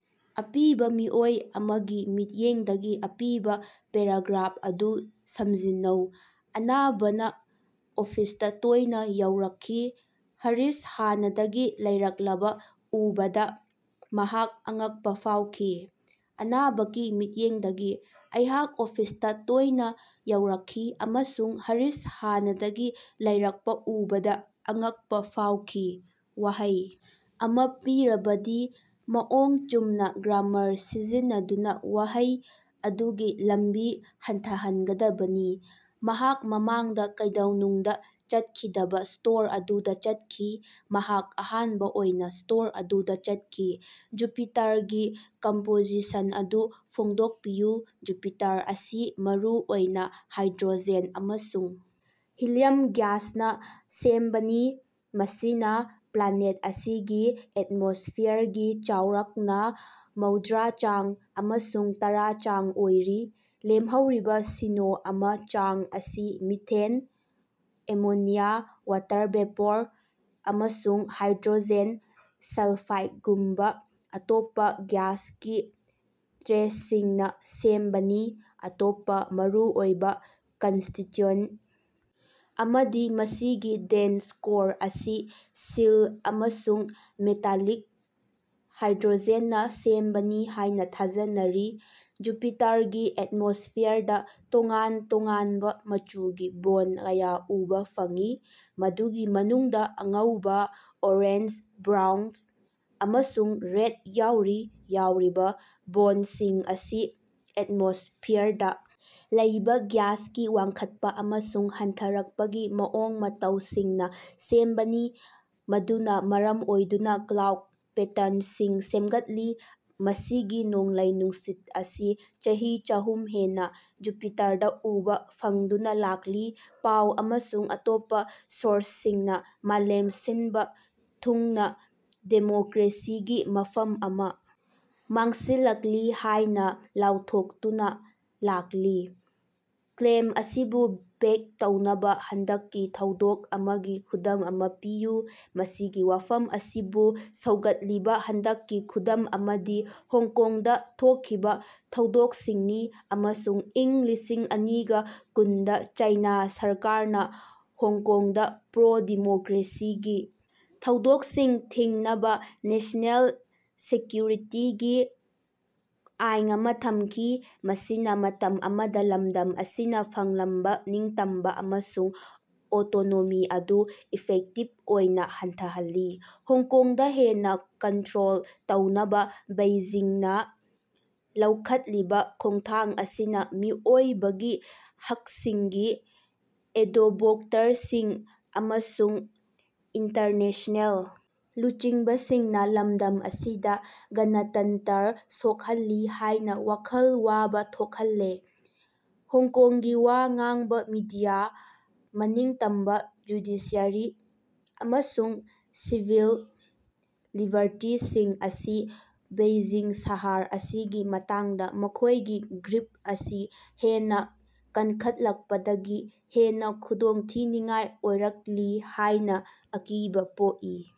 ꯑꯄꯤꯕꯥ ꯃꯤꯑꯣꯏ ꯑꯃꯒꯤ ꯃꯤꯠꯌꯦꯡꯗꯒꯤ ꯑꯄꯤꯕꯥ ꯄꯦꯔꯥꯒ꯭ꯔꯥꯐ ꯑꯗꯨ ꯁꯝꯖꯤꯟꯅꯧ꯫ ꯑꯅꯥꯕꯅꯥ ꯑꯣꯐꯤꯁꯇꯥ ꯇꯣꯏꯅꯥ ꯌꯧꯔꯛꯈꯤ꯫ ꯍꯔꯤꯁ ꯍꯥꯟꯅꯗꯒꯤ ꯂꯩꯔꯛꯂꯕ ꯎꯕꯗ ꯃꯍꯥꯛ ꯑꯉꯛꯄꯥ ꯐꯥꯎꯈꯤ꯫ ꯑꯅꯥꯕꯀꯤ ꯃꯤꯠꯌꯦꯡꯗꯒꯤ: ꯑꯩꯍꯥꯛ ꯑꯣꯐꯤꯁꯇꯥ ꯇꯣꯏꯅ ꯌꯧꯔꯛꯈꯤ ꯑꯃꯁꯨꯡ ꯍꯔꯤꯁ ꯍꯥꯟꯅꯗꯒꯤ ꯂꯩꯔꯛꯄꯥ ꯎꯕꯗꯥ ꯑꯉꯛꯄꯥ ꯐꯥꯎꯈꯤ꯫ ꯋꯥꯍꯩ ꯑꯃꯥ ꯄꯤꯔꯕꯗꯤ, ꯃꯑꯣꯡ ꯆꯨꯝꯅꯥ ꯒ꯭ꯔꯥꯃꯥꯔ ꯁꯤꯖꯤꯟꯅꯗꯨꯅꯥ ꯋꯥꯍꯩ ꯑꯗꯨꯒꯤ ꯂꯝꯕꯤ ꯍꯟꯊꯍꯟꯒꯗꯕꯅꯤ꯫ ꯃꯍꯥꯛ ꯃꯃꯥꯡꯗ ꯀꯩꯗꯧꯅꯨꯡꯗ ꯆꯠꯈꯤꯗꯕ ꯁ꯭ꯇꯣꯔ ꯑꯗꯨꯗꯥ ꯆꯠꯈꯤ꯫ ꯃꯍꯥꯛ ꯑꯍꯥꯟꯕ ꯑꯣꯏꯅꯥ ꯁ꯭ꯇꯣꯔ ꯑꯗꯨꯗ ꯆꯠꯈꯤ꯫ ꯖꯨꯄꯤꯇꯥꯔꯒꯤ ꯀꯝꯄꯣꯖꯤꯁꯟ ꯑꯗꯨ ꯐꯣꯡꯗꯣꯛꯄꯤꯌꯨ꯫ ꯖꯨꯄꯤꯇꯥꯔ ꯑꯁꯤ ꯃꯔꯨ ꯑꯣꯏꯅ ꯍꯥꯏꯗ꯭ꯔꯣꯖꯦꯟ ꯑꯃꯁꯨꯡ ꯍꯤꯂꯤꯌꯝ ꯒ꯭ꯌꯥꯁꯅ ꯁꯦꯝꯕꯅꯤ, ꯃꯁꯤꯅ ꯄ꯭ꯂꯥꯅꯦꯠ ꯑꯁꯤꯒꯤ ꯑꯦꯠꯃꯣꯁ꯭ꯐꯤꯌꯔꯒꯤ ꯆꯥꯎꯔꯥꯛꯅꯥ ꯃꯧꯗꯔꯥ ꯆꯥꯡ ꯑꯃꯁꯨꯡ ꯇꯔꯥ ꯆꯥꯡ ꯑꯣꯏꯔꯤ꯫ ꯂꯦꯝꯍꯧꯔꯤꯕꯥ ꯁꯤꯅ‌ꯣ ꯑꯃꯥ ꯆꯥꯡ ꯑꯁꯤ ꯃꯤꯊꯦꯟ, ꯑꯦꯃꯣꯅꯤꯌꯥ, ꯋꯥꯇꯔ ꯚꯦꯄꯣꯔ ꯑꯃꯁꯨꯡ ꯍꯥꯏꯗ꯭ꯔꯣꯖꯦꯟ ꯁꯜꯐꯥꯏꯗꯒꯨꯝꯕꯥ ꯑꯇꯣꯞꯄꯥ ꯒ꯭ꯌꯥꯁꯀꯤ ꯇ꯭ꯔꯦꯁꯁꯤꯡꯅꯥ ꯁꯦꯝꯕꯅꯤ꯫ ꯑꯇꯣꯞꯄꯥ ꯃꯔꯨꯑꯣꯏꯕꯥ ꯀꯟꯁꯇꯤꯇꯌꯨꯑꯦꯟꯇ ꯑꯃꯗꯤ ꯃꯁꯤꯒꯤ ꯗꯦꯟꯁ ꯀꯣꯔ ꯑꯁꯤ ꯁꯤꯜ ꯑꯃꯁꯨꯡ ꯃꯦꯇꯥꯂꯤꯛ ꯍꯥꯏꯗ꯭ꯔꯣꯖꯦꯟꯅꯥ ꯁꯦꯝꯕꯅꯤ ꯍꯥꯏꯅ ꯊꯥꯖꯅꯔꯤ꯫ ꯖꯨꯄꯤꯇꯥꯔꯒꯤ ꯑꯦꯠꯃꯣꯁ꯭ꯐꯤꯌꯔꯗꯥ ꯇꯣꯉꯥꯟ ꯇꯣꯉꯥꯟꯕ ꯃꯆꯨꯒꯤ ꯕꯦꯟꯗ ꯀꯌꯥ ꯎꯕ ꯐꯪꯏ, ꯃꯗꯨꯒꯤ ꯃꯅꯨꯡꯗ ꯑꯉꯧꯕ, ꯑꯣꯔꯦꯟꯖ, ꯕ꯭ꯔꯥꯎꯟ ꯑꯃꯁꯨꯡ ꯔꯦꯗ ꯌꯥꯎꯔꯤ꯫ ꯍꯥꯏꯔꯤꯕ ꯕꯦꯟꯗꯁꯤꯡ ꯑꯁꯤ ꯑꯦꯠꯃꯣꯁ꯭ꯐꯤꯌꯔꯗꯥ ꯂꯩꯕꯥ ꯒ꯭ꯌꯥꯁꯀꯤ ꯋꯥꯡꯈꯠꯄ ꯑꯃꯁꯨꯡ ꯍꯟꯊꯔꯛꯄꯒꯤ ꯃꯑꯣꯡ-ꯃꯇꯧꯁꯤꯡꯅ ꯁꯦꯝꯕꯅꯤ, ꯃꯗꯨꯅ ꯃꯔꯝ ꯑꯣꯏꯗꯨꯅ ꯀ꯭ꯂꯥꯎꯗ ꯄꯦꯇꯔꯟꯁꯤꯡ ꯁꯦꯝꯒꯠꯂꯤ꯫ ꯃꯁꯤꯒꯤ ꯅꯣꯡꯂꯩ-ꯅꯨꯡꯁꯤꯠ ꯑꯁꯤ ꯆꯍꯤ ꯆꯥꯍꯨꯝ ꯍꯦꯟꯅ ꯖꯨꯄꯤꯇꯥꯔꯗ ꯎꯕꯥ ꯐꯪꯗꯨꯅꯥ ꯂꯥꯛꯂꯤ꯫ ꯄꯥꯎ ꯑꯃꯁꯨꯡ ꯑꯇꯣꯞꯄ ꯁꯣꯔꯁꯁꯤꯡꯅ ꯃꯥꯂꯦꯝ ꯁꯤꯟꯕ ꯊꯨꯡꯅ ꯗꯦꯃꯣꯀꯔꯦꯁꯤꯒꯤ ꯃꯐꯝ ꯑꯃꯥ ꯃꯥꯡꯁꯤꯜꯂꯛꯂꯤ ꯍꯥꯏꯅ ꯂꯥꯎꯊꯣꯛꯇꯨꯅꯥ ꯂꯥꯛꯂꯤ꯫ ꯀ꯭ꯂꯦꯝ ꯑꯁꯤꯕꯨ ꯕꯦꯛ ꯇꯧꯅꯕ ꯍꯟꯗꯛꯀꯤ ꯊꯧꯗꯣꯛ ꯑꯃꯒꯤ ꯈꯨꯗꯝ ꯑꯃꯥ ꯄꯤꯌꯨ꯫ ꯃꯁꯤꯒꯤ ꯋꯥꯐꯝ ꯑꯁꯤꯕꯨ ꯁꯧꯒꯠꯂꯤꯕ ꯍꯟꯗꯛꯀꯤ ꯈꯨꯗꯝ ꯑꯃꯗꯤ ꯍꯣꯡꯀꯣꯡꯗꯥ ꯊꯣꯛꯈꯤꯕꯥ ꯊꯧꯗꯣꯛꯁꯤꯡꯅꯤ꯫ ꯑꯃꯁꯨꯡ ꯏꯪ ꯂꯤꯁꯤꯡ ꯑꯅꯤꯒ ꯀꯨꯟꯗꯥ ꯆꯥꯏꯅꯥ ꯁꯔꯀꯥꯔꯅ ꯍꯣꯡꯀꯣꯡꯗ ꯄ꯭ꯔꯣꯗꯦꯃꯣꯀꯔꯦꯁꯤꯒꯤ ꯊꯧꯗꯣꯛꯁꯤꯡ ꯊꯤꯡꯅꯕꯥ ꯅꯦꯁ꯭ꯅꯦꯜ ꯁꯦꯀ꯭ꯌꯨꯔꯤꯇꯤꯒꯤ ꯑꯥꯏꯟ ꯑꯃꯥ ꯊꯝꯈꯤ, ꯃꯁꯤꯅ ꯃꯇꯝ ꯑꯃꯗ ꯂꯝꯗꯝ ꯑꯁꯤꯅ ꯐꯪꯂꯝꯕ ꯅꯤꯡꯇꯝꯕ ꯑꯃꯁꯨꯡ ꯑꯣꯇꯣꯅꯣꯃꯤ ꯑꯗꯨ ꯏꯐꯦꯛꯇꯤꯕ ꯑꯣꯏꯅ ꯍꯟꯊꯍꯟꯈꯤ꯫ ꯍꯣꯡꯀꯣꯡꯗꯥ ꯍꯦꯟꯅꯥ ꯀꯟꯇꯔꯣꯜ ꯇꯧꯅꯕ ꯕꯦꯏꯖꯤꯡꯅ ꯂꯧꯈꯠꯂꯤꯕ ꯈꯣꯡꯊꯥꯡ ꯑꯁꯤꯅ ꯃꯤꯑꯣꯏꯕꯒꯤ ꯍꯛꯁꯤꯡꯒꯤ ꯑꯦꯗꯣꯕꯣꯛꯇꯔꯁꯤꯡ ꯑꯃꯁꯨꯡ ꯏꯟꯇꯔꯅꯦꯁ꯭ꯅꯦꯜ ꯂꯨꯆꯤꯡꯕꯁꯤꯡꯅ ꯂꯝꯗꯝ ꯑꯁꯤꯗ ꯒꯅꯇꯟꯇꯔ ꯁꯣꯛꯍꯜꯂꯤ ꯍꯥꯏꯅꯥ ꯋꯥꯈꯜ ꯋꯥꯕ ꯊꯣꯛꯍꯜꯂꯦ꯫ ꯍꯣꯡꯀꯣꯡꯒꯤ ꯋꯥ ꯉꯥꯡꯕꯥ ꯃꯤꯗꯤꯌꯥ, ꯃꯅꯤꯡꯇꯝꯕ ꯖꯨꯗꯤꯁꯤꯌꯔꯤ ꯑꯃꯁꯨꯡ ꯁꯤꯚꯤꯜ ꯂꯤꯕꯔꯇꯤꯁꯤꯡ ꯑꯁꯤ ꯕꯦꯏꯖꯤꯡꯅ ꯁꯍꯔ ꯑꯁꯤꯒꯤ ꯃꯇꯥꯡꯗ ꯃꯈꯣꯏꯒꯤ ꯒ꯭ꯔꯤꯞ ꯑꯁꯤ ꯍꯦꯟꯅꯥ ꯀꯟꯈꯠꯂꯛꯄꯗꯒꯤ ꯍꯦꯟꯅ ꯈꯨꯗꯣꯡꯊꯤꯅꯤꯡꯉꯥꯏ ꯑꯣꯏꯔꯛꯂꯤ ꯍꯥꯏꯅꯥ ꯑꯀꯤꯕꯥ ꯄꯣꯛꯏ꯫